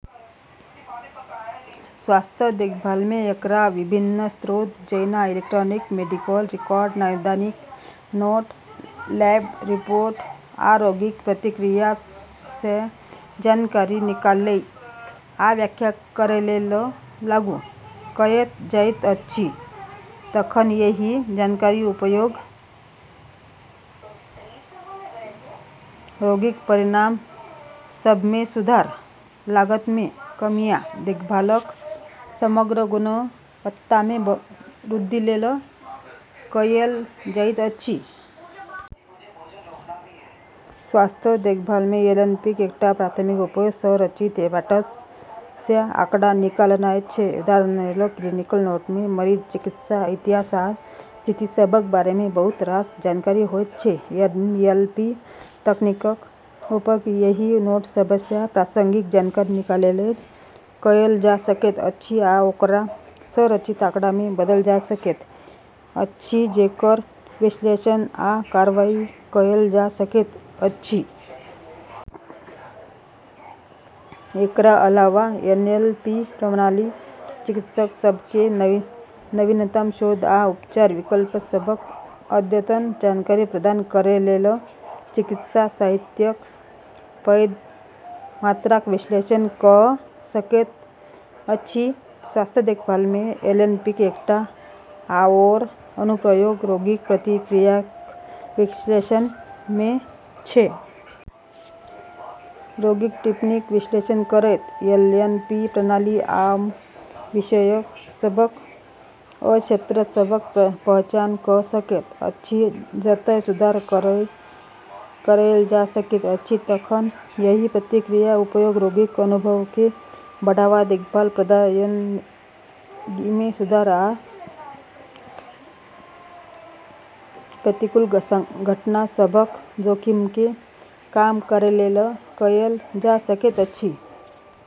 स्वास्थ्य देखभालमे एकरा विभिन्न स्रोत जेना इलेक्ट्रॉनिक मेडिकल रिकॉर्ड, नैदानिक नोट, लैब रिपोर्ट, आ रोगीक प्रतिक्रियासँ जानकारी निकालै आ व्याख्या करैलेल लागू कएल जाइत अछि। तखन एहि जानकारीक उपयोग रोगीक परिणाम सभमे सुधार, लागतमे कमी आ देखभालक समग्र गुणवत्तामे वृद्धिलेल कएल जाइत अछि। स्वास्थ्य देखभालमे एनएलपीक एकटा प्राथमिक उपयोग असंरचित पाठसँ आंकड़ा निकालनाइ छै। उदाहरणलेल, क्लिनिकल नोटमे मरीजक चिकित्सा इतिहास आ स्थिति सभक बारेमे बहुत रास जानकारी होइत छै। एनएलपी तकनीकक उपयोग एहि नोट सभसँ प्रासंगिक जानकारी निकालैलेल कएल जा सकैत अछि, आ ओकरा संरचित आंकड़ामे बदलल जा सकैत अछि जेकर विश्लेषण आ कारबाई कएल जा सकैत अछि। एकरा अलावा, एनएलपी प्रणाली चिकित्सक सभकेँ नवीनतम शोध आ उपचार विकल्प सभक अद्यतन जानकारी प्रदान करैलेल चिकित्सा साहित्यक पैघ मात्राक विश्लेषण कऽ सकैत अछि। स्वास्थ्य देखभालमे एनएलपीक एकटा आओर अनुप्रयोग रोगीक प्रतिक्रियाक विश्लेषणमे छै। रोगीक टिप्पणीक विश्लेषण करैत एनएलपी प्रणाली आम विषय सभक आ क्षेत्र सभक पहचान कऽ सकैत अछि जतय सुधार कएल जा सकैत अछि। तखन एहि प्रतिक्रियाक उपयोग रोगीक अनुभवकेँ बढ़ावा, देखभाल प्रदायगीमे सुधार आ प्रतिकूल घटना सभक जोखिमकेँ कम करैलेल कएल जा सकैत अछि।